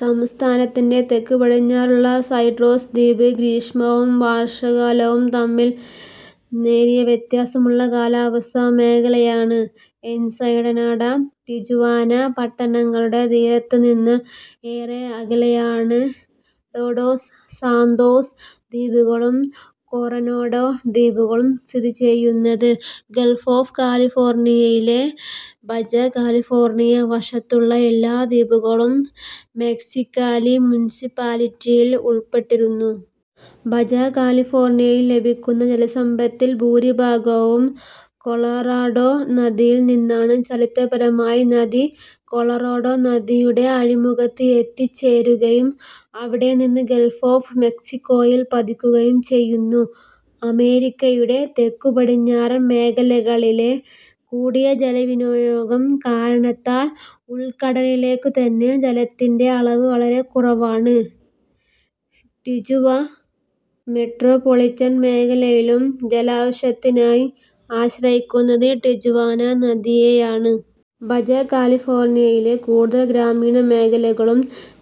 സംസ്ഥാനത്തിൻറെ തെക്കുപടിഞ്ഞാറുള്ള Cedros ദ്വീപ് ഗ്രീഷ്മവും വർഷകാലവും തമ്മിൽ നേരിയ വ്യത്യാസമുള്ള കാലാവസ്ഥാ മേഖലയിലാണ്. എൻസെനാഡ, ടിജുവാന പട്ടണങ്ങളുടെ തീരത്തുനിന്ന ഏറെ അകലെയാണ് ടോഡോസ് സാന്തോസ് ദ്വീപുകളും കൊറോനാഡോ ദ്വീപുകളും സ്ഥിതി ചെയ്യുന്നത്. ഗൾഫ് ഓഫ് കാലിഫോർണിയയിലെ ബജ കാലിഫോർണിയ വശത്തുള്ള എല്ലാ ദ്വീപുകളും മെക്സിക്കാലി മുനിസിപ്പാലിറ്റിയിൽ ഉള്പ്പെട്ടിരിക്കുന്നു. ബജ കാലിഫോർണിയയിൽ ലഭിക്കുന്ന ജലസമ്പത്തിൽ ഭൂരിഭാഗവും കൊളറാഡോ നദിയിൽനിന്നാണ്. ചരിത്രപരമായി നദി കോളറോഡോ നദിയുടെ അഴിമുഖത്ത് എത്തിച്ചേരുകയും അവിടെനിന്ന് ഗൾഫ് ഓഫ് മെക്സിക്കോയിൽ പതിക്കുകയും ചെയ്യുന്നു. അമേരിക്കയുടെ തെക്കുപടിഞ്ഞാറൻ മേഖലകളിലെ കൂടിയ ജലവിനിയോഗം കാരണത്താൽ ഉൾക്കടലിലേയ്ക്കെത്തുന്ന ജലത്തിൻറ അളവ് വളരെ കുറവാണ്. ടിജുവാ മെട്രോപോളിറ്റൻ മേഖലയിലയും ജലാവശ്യത്തിനായി ആശ്രയിക്കുന്നത് ടിജുവാന നദിയെയാണ്. ബജ കാലിഫോർണിയയിലെ കൂടുതൽ ഗ്രാമീണമേഖലകളും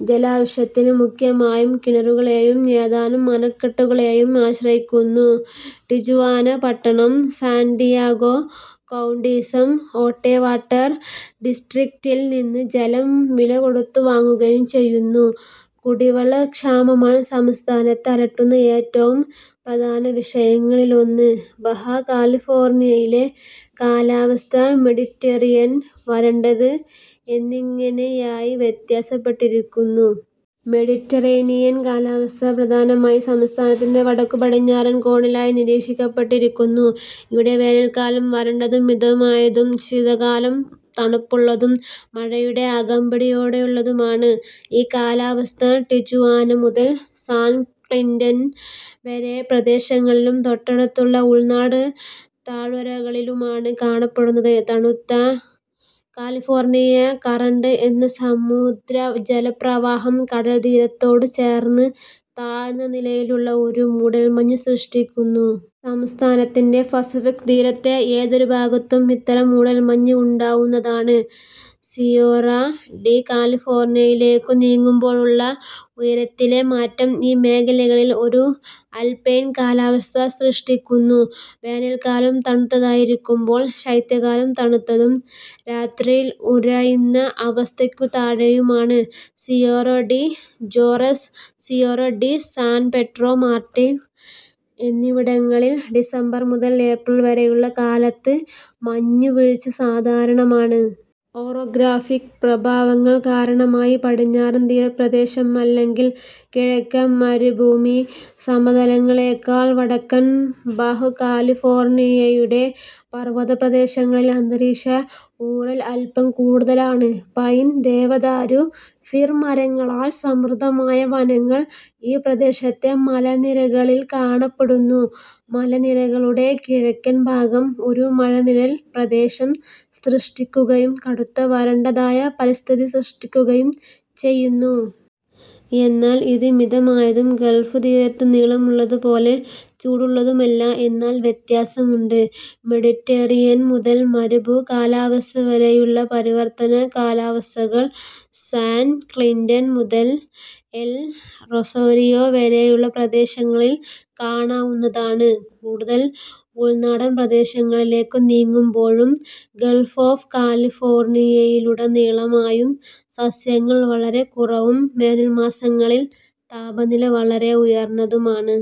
ജലാവശ്യത്തിന് മുഖ്യമായും കിണറുകളെയും ഏതാനും അണക്കെട്ടുകളേയും ആശ്രയിക്കുന്നു. ടിജുവാന പട്ടണം, സാൻഡിയാഗോ കൌണ്ടിയിസം ഓട്ടെ വാട്ടർ ഡിസ്ട്രിക്റ്റിൽ നിന്ന് ജലം വിലകൊടുത്തു വാങ്ങുകയും ചെയ്യുന്നു. കുടിവെള്ള ക്ഷാമമാണ് സംസ്ഥാനത്തെ അലട്ടുന്ന ഏറ്റവും പ്രധാനവിഷയങ്ങളിലൊന്ന്. ബഹാ കാലിഫോർണിയയിലെ കാലാവസ്ഥ മെഡിറ്ററേനിയൻ, വരണ്ടത് എന്നിങ്ങനെയായി വ്യത്യാസപ്പെട്ടിരിക്കുന്നു. മെഡിറ്ററേനിയൻ കാലാവസ്ഥ പ്രധാനമായി സംസ്ഥാനത്തിന്റെ വടക്കുപടിഞ്ഞാറൻ കോണിലായി നിരീക്ഷിക്കപ്പെട്ടിരിക്കുന്നു. ഇവിടെ വേനൽക്കാലം വരണ്ടതും മിതമായതും ശീതകാലം തണുപ്പുള്ളതും മഴയുടെ അകമ്പടിയോടെയുള്ളതുമാണ്. ഈ കാലാവസ്ഥ ടിജുവാന മുതൽ സാൻ ക്വിന്റീൻ വരെയുള്ള പ്രദേശങ്ങളിലും തൊട്ടടുത്തുള്ള ഉൾനാടൻ താഴ്വരകളിലുമാണ് കാണപ്പെടുന്നത്. തണുത്ത കാലിഫോർണിയ കറണ്ട് എന്ന സമുദ്രജലപ്രവാഹം കടൽത്തീരത്തോടു ചേർന്ന് താഴ്ന്ന നിലയിലുള്ള ഒരു മൂടൽ മഞ്ഞ് സൃഷ്ടിക്കുന്നു. സംസ്ഥാനത്തിന്റെ പസഫിക് തീരത്തെ ഏതൊരു ഭാഗത്തും ഇത്തരം മൂടൽ മഞ്ഞ് ഉണ്ടാകാവുന്നതാണ്. സിയേറാ ഡി കാലിഫോർണിയയിലേയ്ക്കു നീങ്ങുമ്പോഴുള്ള ഉയരത്തിലെ മാറ്റം ഈ മേഖലകളിൽ ഒരു ആൽപൈൻ കാലാവസ്ഥ സൃഷ്ടിക്കുന്നു. വേനൽക്കാലം തണുത്തതായിരിക്കുമ്പോൾ ശൈത്യകാലം തണുത്തതും രാത്രിയിൽ ഉറയുന്ന അവസ്ഥയ്ക്കു താഴെയുമാണ്. Sierra de Juarez, Sierra de San Pedro Martir എന്നിവിടങ്ങളിൽ ഡിസംബർ മുതൽ ഏപ്രിൽ വരെയുള്ള കാലത്ത് മഞ്ഞുവീഴ്ച് സാധാരണമാണ്. ഓറോഗ്രാഫിക്ക് പ്രഭാവങ്ങൾ കാരണമായി, പടിഞ്ഞാറൻ തീരപ്രദേശം അല്ലെങ്കിൽ കിഴക്കൻ മരുഭൂ സമതലങ്ങളേക്കാൾ വടക്കൻ ബാഹ കാലിഫോർണിയയുടെ പർവ്വതപ്രദേശങ്ങളിൽ അന്തരീക്ഷ ഊറൽ അൽപ്പം കൂടുതലാണ്. പൈൻ, ദേവദാരു, ഫിർ മരങ്ങളാൽ സമൃദ്ധമായ വനങ്ങൾ ഈ പ്രദേശത്തെ മലനിരകളിൽ കാണപ്പെടുന്നു. മലനിരകളുടെ കിഴക്കൻ ഭാഗം ഒരു മഴനിഴൽ പ്രദേശം സൃഷ്ടിക്കുകയും കടുത്ത വരണ്ടതായ പരിസ്ഥിതി സൃഷ്ടിക്കുകയും ചെയ്യുന്നു. എന്നാൽ ഇത് മിതമായതും ഗൾഫ് തീരത്തുടനീളമുള്ളതുപോലെ ചൂടുള്ളതുമല്ല എന്ന വ്യത്യാസമുണ്ട്. മെഡിറ്ററേനിയൻ മുതൽ മരുഭൂ കാലാവസ്ഥ വരെയുള്ള പരിവർത്തന കാലാവസ്ഥകൾ സാൻ ക്വിന്റിൻ മുതൽ എൽ റൊസാരിയോ വരെയുള്ള പ്രദേശങ്ങളിൽ കാണാവുന്നതാണ്. കൂടുതൽ ഉൾനാടൻ പ്രദേശങ്ങളിലേയ്ക്കു നീങ്ങുമ്പോഴും ഗൾഫ് ഓഫ് കാലിഫോർണിയയിലുടനീളമായും സസ്യങ്ങൾ വളരെ കുറവും വേനൽ മാസങ്ങളിൽ താപനില വളരെ ഉയർന്നതുമാണ്.